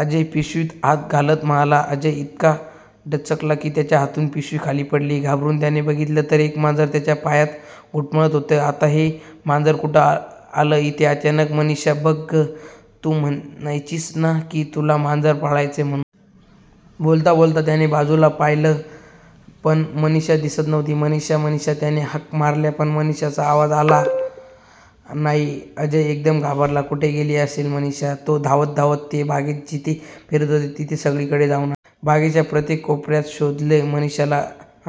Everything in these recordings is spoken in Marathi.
अजय पिशवीत हात घालत म्हणाला. अजय इतका दचकला की त्याच्या हातून पिशवी खाली पडली. घाबरून त्याने बघितलं तर एक मांजर त्याच्या पायात घुटमळत होतं. आता हे मांजर कुठे आलं इथे अचानक. मनीषा बघ ग, तू म्हणायचीस ना की तुला मांजर पाळायचय म्हणून? बोलता बोलता त्याने बाजूला पाहिले पण मनीषा दिसत नव्हती. "मनीषा, मनीषा" त्याने हाका मारल्या पण मनीषाचा आवाज आला नाही. अजय एकदम घाबरला. कुठे गेली असेल मनीषा. तो धावत धावत ते बागेत जिथे फिरत होते तिथे सगळीकडे जाऊन आला. बागेच्या प्रत्येक कोपर्यात शोधलं, मनीषाला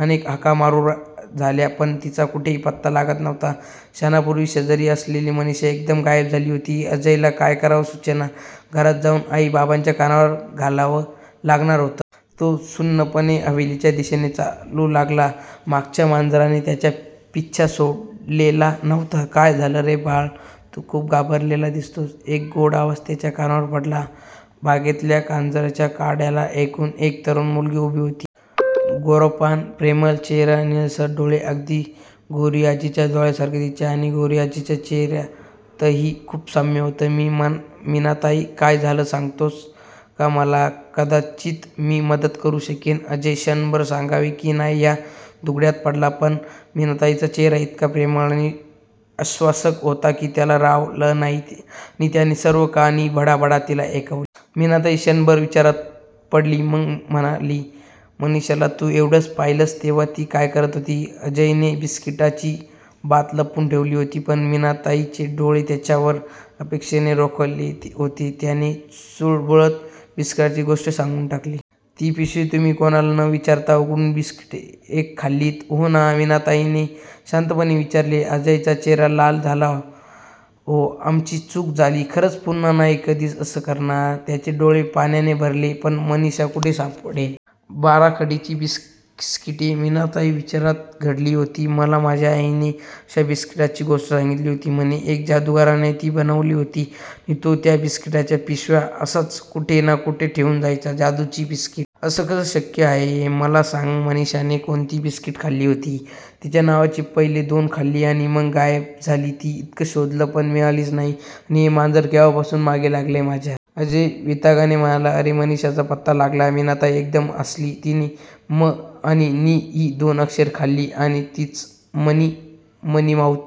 अनेक हाका मारून झाल्या पण तिचा कुठेच पत्ता लागत नव्हता. क्षणापूर्वी शेजारी असलेली मनीषा एकदम गायब झाली होती. अजयला काय करावं सुचेना. घरात जाऊन आई बाबांच्या कानावर घालावं लागणार होतंच. तो सुन्नपणे हवेलीच्या दिशेने चालू लागला. मगाचच्या मांजराने त्याचा पिच्छा सोडलेला नव्हता. "काय झालं रे बाळ? तू खूप घाबरलेला दिसतोस" एक गोड आवाज त्याच्या कानावर पडला. बागेतल्या कारंज्याच्या कठड्याला टेकून एक तरूण मुलगी उभी होती. गोरापान, प्रेमळ चेहरा. निळसर डोळे. अगदी गौरीआजीच्या डोळ्यांसारखे. तिच्या आणि गौरीआजीच्या चेहर्यातही खूप साम्य होतं. "मी मीनाताई. काय झालं सांगतोस का मला? कदाचित मी मदत करू शकेन." अजय क्षणभर सांगावे की नाही या दुग्ध्यात पडला पण मीनाताईचा चेहरा इतका प्रेमळ आणि आश्वासक होता की त्याला राहावलं नाही आणि त्याने सर्व कहाणी भडाभडा तिला ऐकवली. मीनाताई क्षणभर विचारात पडली मग म्हणाली. "मनीषाला तू शेवटचं पाहिलस तेव्हा ती काय करत होती? " अजयने बिस्किटांची बात लपवून ठेवली होती पण मीनाताईचे डोळे त्याच्यावर अपेक्षेने रोखलेले होते. त्याने चुळबुळत बिस्किटांची गोष्ट सांगून टाकली. "ती पिशवी तुम्ही कोणाला न विचारता उघडून बिस्किटे खाल्लीत, हो ना? " मीनाताईने शांतपणे विचारले. अजयचा चेहरा लाल झाला " हो आमची चूक झाली खरंच. पुन्हा नाही कधीच असं करणार' त्याचे डोळे पाण्याने भरले ' पण मनीषा कुठे सापडेल? " बाराखडीची बिस्किटे मीनाताई विचारात गढली होती मला माझ्या आजीने अशाच बिस्किटांची गोष्ट सांगितली होती. म्हणे एका जादूगाराने ती बनवली होती आणि तो त्या बिस्किटांच्या पिशव्या अशाच कुठे ना कुठे ठेवून जायचा "जादूची बिस्किटं? असं कसं शक्य आहे? " "मला सांग मनीषाने कोणती बिस्किटे खाल्ली होती? " "तिच्या नावाची. पहिली दोन खाल्ली आणि मग गायबच झाली ती. इतकं शोधलं पण मिळालीच नाही. आणि हे मांजर तेव्हापासून मागे लागलय माझ्या.! " अजय वैतागाने म्हणाला. "अरे मनीषाचा पत्ता लागला! "मीनाताई एकदम हसली "तिने 'म' आणि 'नी' ही दोन अक्षरे खाल्ली आणि तिचं मनी मनीमाऊत